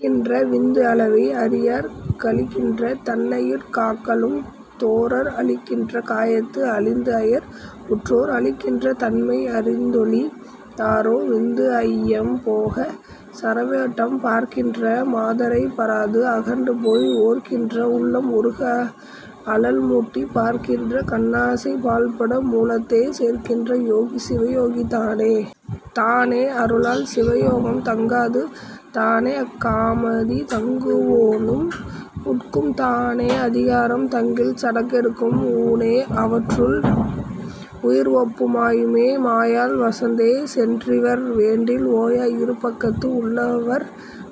அழிகின்ற விந்து அளவை அறியார் கழிகின்ற தன்னையுட் காக்கலும் தொரார் அழிகின்ற காயத்து அழிந்துஅயர் உற்றோர் அழிகின்ற தன்மை அறிந்தொழி யாரோ. விந்து ஜயம் போக சரவோட்டம் பார்க்கின்ற மாதரைப் பாராது அகன்றுபோய் ஓர்க்கின்ற உள்ளம் உருக அழல்மூட்டிப் பார்க்கின்ற கண்ணாசை பாழ்பட மூலத்தே சேர்க்கின்ற யோகி சிவயோகி தானே. தானே அருளால் சிவயோகம் தங்காது தானேஅக் காமாதி தங்குவோ னும் உட்கும் தானே அதிகாரம் தங்கில் சடங்கெடுக்கும் ஊனே அவற்றுள் உயிர்ஒம்பா மாயுமே. மாயாள் வசத்தே சென்றிவர் வேண்டில் ஓயா இருபக்கத்து உள்வளர்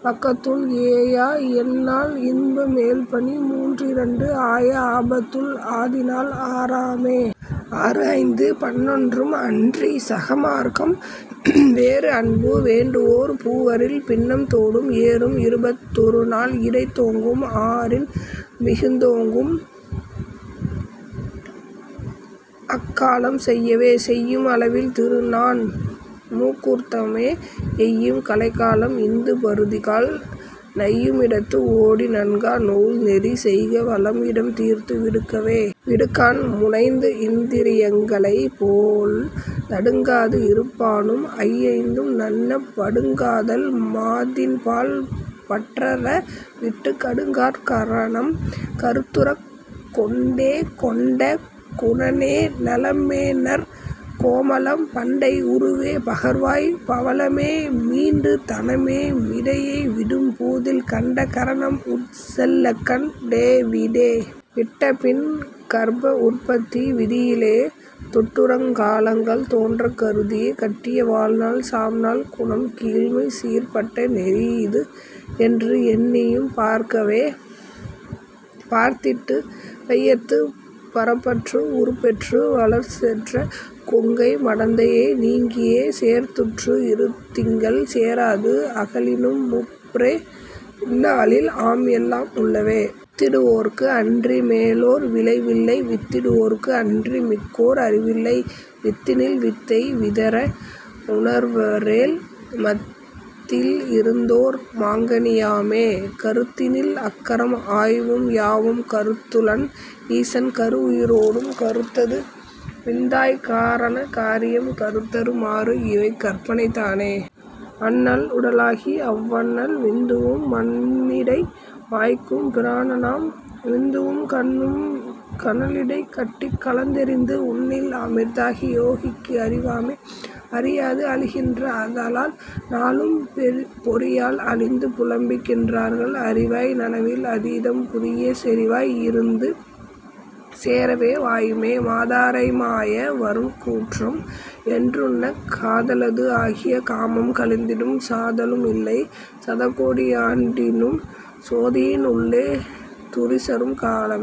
பக்கத்துள் ஏயாஎண் நாள்இன்ப மேல்பனி மூன்றிரண்டு ஆயா ஆபத்துள் ஆதிநாள் ஆறாமே. ஆறுஐந்து பன்னொன்றும் அன்றிச் சகமார்க்கம் வேறுஅன்பு வேண்டுவோர் பூவரில் பின்னம்தோடு ஏறும் இருபத் தொருநாள் இடைத்தோங்கும் ஆறின் மிகுந்தோங்கும் அக்காலம் செய்யவே. செய்யும் அளவில் திருநான் முகூர்த்தமே எய்யும் கலைகாலம் இந்து பருதிகால் நையுமிடத்து ஓடி நன்கா நூல்நெறி செய்க வலம் இடம் தீர்ந்து விடுக்கவே. விடுங்காண் முனைந்துஇந் திரியங்க ளைப் போல் நடுங்காது இருப்பானும் ஐஐந்தும் நண்ணப் படுங்காதல் மாதின்பால் பற்றற விட்டுக் கடுங்காற் கரணம் கருத்துறக் கொண்டே. கொண்ட குணனே நலமேநற் கோமளம் பண்டை உருவே பகர்வாய் பவளமே மிண்டு தனமே மிடைய விடும் போதில் கண்ட கரணம் உட் செல்லக்கண் டேவிடே. விட்டபின் கர்ப்பஉற் பத்தி விதியிலே தொட்டுறுங் காலங்கள் தோன்றக் கருதிய கட்டிய வாழ்நாள் சாம்நாள் குணம் கீழ்மைசீர்ப் பட்ட நெறியிதுஎன்று எண்ணியும் பார்க்கவே. பார்த்திட்டு வையத்துப் பரப்பற்று உருப்பெற்று வார்ச்செற்ற கொங்கை மடந்தையை நீக்கியே சேர்த்துற்று இருதிங்கள் சேராது அகலினும் மூப்புற்ரே பின்னாளில் ஆம்எல்லாம் உள்ளவே. வித்திடு வோர்க்கு அன்றி மேலோர் விளைவில்லை வித்திடு வோர்க்கு அன்றி மிக்கோர் அறிவில்லை வித்தினில் வித்தை விதற உணர்வரேல் மத்தில் இருந்ததோர் மாங்கனி யாமே. கருத்தினில் அக்கரம் ஆயுவும் யாவும் கருத்துளன் ஈசன் கருஉயிரோடும் கருத்தது வித்தாய்க் காரண காரியம் கருத்தறு மாறுஇவை கற்பனை தானே. அண்ணல் உடலாகி அவ்வனல் விந்துவும் மண்ணிடை மாய்க்கும் பிராணனாம் விந்துவும் கண்ணும் கனலிடைக் கட்டிக் கலந்தெரித்து உண்ணில் அமிர்தாகி யோகிக்கு அறிவாமே. அறியாது அழிகின்ற ஆதலால் நாளும் பொறியால் அழிந்து புலம்புகின் றார்கள் அறிவாய் நனவில் அதீதம் புரியச் செறிவாய் இருந்து சேரவே வாயுமே. மாதரை மாய வரும் கூற்றம் என்றுன்னக் காதலது ஆகிய காமம் கழிந்திடும் சாதலும் இல்லை சதகோடி ஆண்டினும் சோதியின் உள்ளே துரிசறும் காலமே.